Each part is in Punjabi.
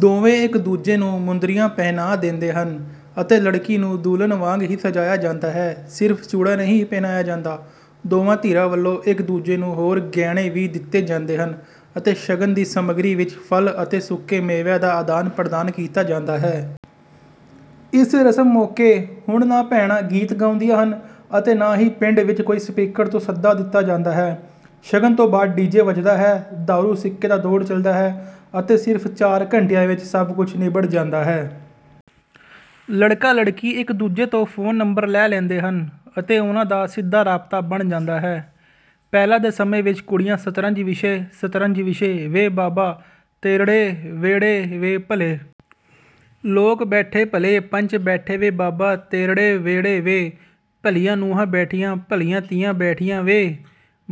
ਦੋਵੇਂ ਇੱਕ ਦੂਜੇ ਨੂੰ ਮੁੰਦਰੀਆਂ ਪਹਿਨਾ ਦਿੰਦੇ ਹਨ ਅਤੇ ਲੜਕੀ ਨੂੰ ਦੁਲਹਨ ਵਾਂਗ ਹੀ ਸਜਾਇਆ ਜਾਂਦਾ ਹੈ ਸਿਰਫ ਚੂੜਾ ਨਹੀਂ ਪਹਿਨਾਇਆ ਜਾਂਦਾ। ਦੋਵਾਂ ਧਿਰਾਂ ਵੱਲੋਂ ਇੱਕ ਦੂਜੇ ਨੂੰ ਹੋਰ ਗਹਿਣੇ ਵੀ ਦਿੱਤੇ ਜਾਂਦੇ ਹਨ ਅਤੇ ਸ਼ਗਨ ਦੀ ਸਮੱਗਰੀ ਵਿੱਚ ਫਲ ਅਤੇ ਸੁੱਕੇ ਮੇਵਿਆਂ ਦਾ ਆਦਾਨ ਪ੍ਰਦਾਨ ਕੀਤਾ ਜਾਂਦਾ ਹੈ। ਇਸ ਰਸਮ ਮੌਕੇ ਹੁਣ ਨਾ ਭੈਣਾਂ ਗੀਤ ਗਾਉਂਦੀਆਂ ਹਨ ਅਤੇ ਨਾ ਹੀ ਪਿੰਡ ਵਿੱਚ ਕੋਈ ਸਪੀਕਰ ਤੋਂ ਸੱਦਾ ਦਿੱਤਾ ਜਾਂਦਾ ਹੈ। ਸ਼ਗਨ ਤੋਂ ਬਾਅਦ ਡੀ ਜੇ ਵੱਜਦਾ ਹੈ, ਦਾਰੂ ਸਿੱਕੇ ਦਾ ਦੌਰ ਚੱਲਦਾ ਹੈ ਅਤੇ ਸਿਰਫ ਚਾਰ ਘੰਟਿਆਂ ਵਿੱਚ ਸਭ ਕੁਝ ਨਿਬੜ ਜਾਂਦਾ ਹੈ। ਲੜਕਾ ਲੜਕੀ ਇੱਕ ਦੂਜੇ ਤੋਂ ਫੋਨ ਨੰਬਰ ਲੈ ਲੈਂਦੇ ਹਨ ਅਤੇ ਉਨ੍ਹਾਂ ਦਾ ਸਿੱਧਾ ਰਾਬਤਾ ਬਣ ਜਾਂਦਾ ਹੈ। ਪਹਿਲਾਂ ਦੇ ਸਮੇਂ ਵਿੱਚ ਕੁੜੀਆਂ ਸ਼ਤਰੰਜ ਵਿਛੇ ਸ਼ਤਰੰਜ ਵਿਛੇ ਵੇ ਬਾਬਾ ਤੇਰੜੇ ਵਿਹੜੇ ਵੇ, ਭਲੇ ਲੋਕ ਬੈਠੇ ਭਲੇ ਪੰਚ ਬੈਠੇ ਵੇ ਬਾਬਾ ਤੇਰੜੇ ਵਿਹੜੇ ਵੇ, ਭਲੀਆਂ ਨੂੰਹਾਂ ਬੈਠੀਆਂ ਭਲੀਆਂ ਧੀਆਂ ਬੈਠੀਆਂ ਵੇ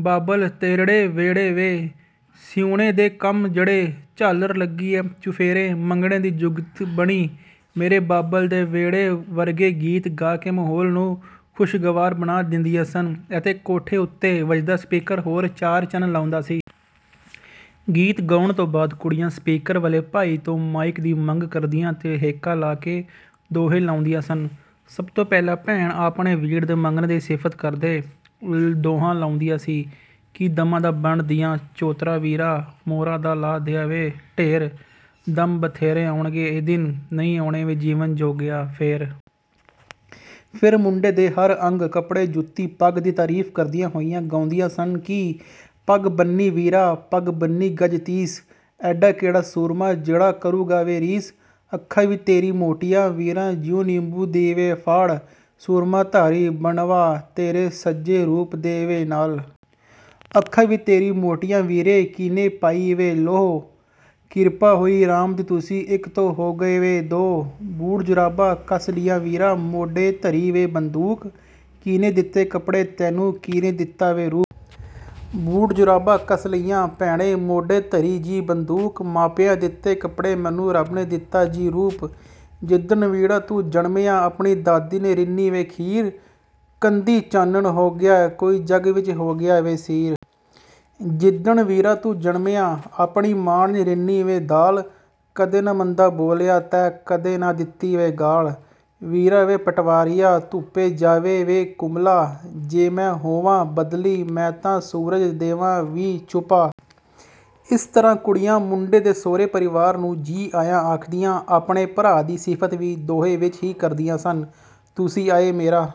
ਬਾਬਲ ਤੇਰੜੇ ਵਿਹੜੇ ਵੇ, ਸਿਉਨੇ ਦੇ ਕੰਸ ਜੜੇ ਝਾਲਰ ਲੱਗੀ ਐ ਚੁਫੇਰੇ, ਮੰਗਣੇ ਦੀ ਜੁਗਤ ਬਣੀ ਮੇਰੇ ਬਾਬਲ ਦੇ ਵਿਹੜੇ ਵਰਗੇ ਗੀਤ ਗਾ ਕੇ ਮਾਹੌਲ ਨੂੰ ਖੁਸ਼ਗਵਾਰ ਬਣਾ ਦਿੰਦੀਆਂ ਸਨ ਅਤੇ ਕੋਠੇ ਉੱਤੇ ਵੱਜਦਾ ਸਪੀਕਰ ਹੋਰ ਚਾਰ ਚੰਨ ਲਾਉਂਦਾ ਸੀ। ਗੀਤ ਗਾਉਣ ਤੋਂ ਬਾਅਦ ਕੁੜੀਆਂ ਸਪੀਕਰ ਵਾਲੇ ਭਾਈ ਤੋਂ ਮਾਈਕ ਦੀ ਮੰਗ ਕਰਦੀਆਂ ਤੇ ਹੇਕਾਂ ਲਾ ਕੇ ਦੋਹੇ ਲਾਉਂਦੀਆਂ ਸਨ। ਸਭ ਤੋਂ ਪਹਿਲਾਂ ਭੈਣ ਆਪਣੇ ਵੀਰ ਦੇ ਮੰਗਣੇ ਦੀ ਸਿਫਤ ਕਰਦੇ ਦੋਹਾ ਲਾਉਂਦੀ ਸੀ ਕਿ ਦੰਮਾਂ ਦਾ ਬੰਨ੍ਹ ਦਿਆਂ ਚੌਤਰਾ ਵੀਰਾ, ਮੋਹਰਾਂ ਦਾ ਲਾ ਦਿਆਂ ਵੇ ਢੇਰ, ਦੰਮ ਬਥੇਰੇ ਆਉਣਗੇ ਇਹ ਦਿਨ ਨਹੀਂ ਆਉਣੇ ਵੇ ਜੀਵਨ ਜੋਗਿਆ ਫੇਰ। ਫਿਰ ਮੁੰਡੇ ਦੇ ਹਰ ਅੰਗ ਕੱਪੜੇ, ਜੁੱਤੀ, ਪੱਗ ਦੀ ਤਾਰੀਫ ਕਰਦੀਆਂ ਹੋਈਆਂ ਗਾਉਂਦੀਆਂ ਸਨ ਕਿ ਪੱਗ ਬੰਨ੍ਹੀ ਵੀਰਾ ਪੱਗ ਬੰਨ੍ਹੀ ਗਜ਼ ਤੀਸ, ਐਡਾ ਕਿਹੜਾ ਸੂਰਮਾ ਜਿਹੜਾ ਕਰੂਗਾ ਵੇ ਰੀਸ। ਅੱਖਾਂ ਵੀ ਤੇਰੀਆਂ ਮੋਟੀਆਂ ਵੀਰਾ ਜਿਉਂ ਨਿੰਬੂ ਦੀ ਵੇ ਫਾੜ, ਸੂਰਮਾ ਧਾਰੀ ਬੰਨ੍ਹਵਾਂ ਤੇਰੇ ਸਜੇ ਰੂਪ ਦੇ ਵੇ ਨਾਲ। ਅੱਖਾਂ ਵੀ ਤੇਰੀਆਂ ਮੋਟੀਆਂ ਵੀਰਾ ਕੀਹਨੇ ਪਾਈ ਵੇ ਲੋਅ, ਕਿਰਪਾ ਹੋਈ ਰਾਮ ਦੀ ਤੁਸੀਂ ਇੱਕ ਤੋਂ ਹੋ ਗਏ ਵੇ ਦੋ। ਬੂਟ ਜੁਰਾਬਾਂ ਕਸ ਲਈਆਂ ਵੀਰਾ ਮੋਢੇ ਧਰੀ ਵੇ ਬੰਦੂਕ, ਕੀਹਨੇ ਦਿੱਤੇ ਕੱਪੜੇ ਤੈਨੂੰ ਕੀਹਨੇ ਦਿੱਤਾ ਵੇ ਰੂਪ। ਬੂਟ ਜੁਰਾਬਾਂ ਕਸ ਲਈਆਂ ਭੈਣੇ ਮੋਢੇ ਧਰੀ ਜੀ ਬੰਦੂਕ, ਮਾਪਿਆਂ ਦਿੱਤੇ ਕੱਪੜੇ ਮੈਨੂੰ ਰੱਬ ਨੇ ਦਿੱਤਾ ਜੀ ਰੂਪ। ਜਿਦਣ ਵੀਰਾ ਤੂੰ ਜਨਮਿਆ ਆਪਣੀ ਦਾਦੀ ਨੇ ਰਿੰਨ੍ਹੀ ਵੇ ਖੀਰ, ਕੰਧੀਂ ਚਾਨਣ ਹੋ ਗਿਆ ਕੋਈ ਜੱਗ ਵਿੱਚ ਹੋ ਗਿਆ ਵੇ ਸੀਰ। ਜਿੱਦਣ ਵੀਰਾ ਤੂੰ ਜਨਮਿਆ ਆਪਣੀ ਮਾਂ ਨੇ ਰਿੰਨੀ ਵੇ ਦਾਲ, ਕਦੇ ਨਾ ਮੰਦਾ ਬੋਲਿਆ ਤੈਂ ਕਦੇ ਨਾ ਦਿੱਤੀ ਵੇ ਗਾਲ੍ਹ। ਵੀਰਾ ਵੇ ਪਟਵਾਰੀਆ ਧੁੱਪੇ ਜਾਵੇਂ ਵੇ ਕੁਮਲਾ, ਜੇ ਮੈਂ ਹੋਵਾਂ ਬੱਦਲੀ ਮੈਂ ਤਾਂ ਸੂਰਜ ਦੇਵਾਂ ਜੀ ਛੁਪਾ। ਇਸ ਤਰ੍ਹਾਂ ਕੁੜੀਆਂ ਮੁੰਡੇ ਦੇ ਸਹੁਰੇ ਪਰਿਵਾਰ ਨੂੰ ਜੀ ਆਇਆਂ ਆਖਦੀਆਂ ਆਪਣੇ ਭਰਾ ਦੀ ਸਿਫਤ ਵੀ ਦੋਹੇ ਵਿੱਚ ਹੀ ਕਰ ਦਿੰਦੀਆਂ ਸਨ। ਤੁਸੀਂ ਆਏ ਮੇਰਾ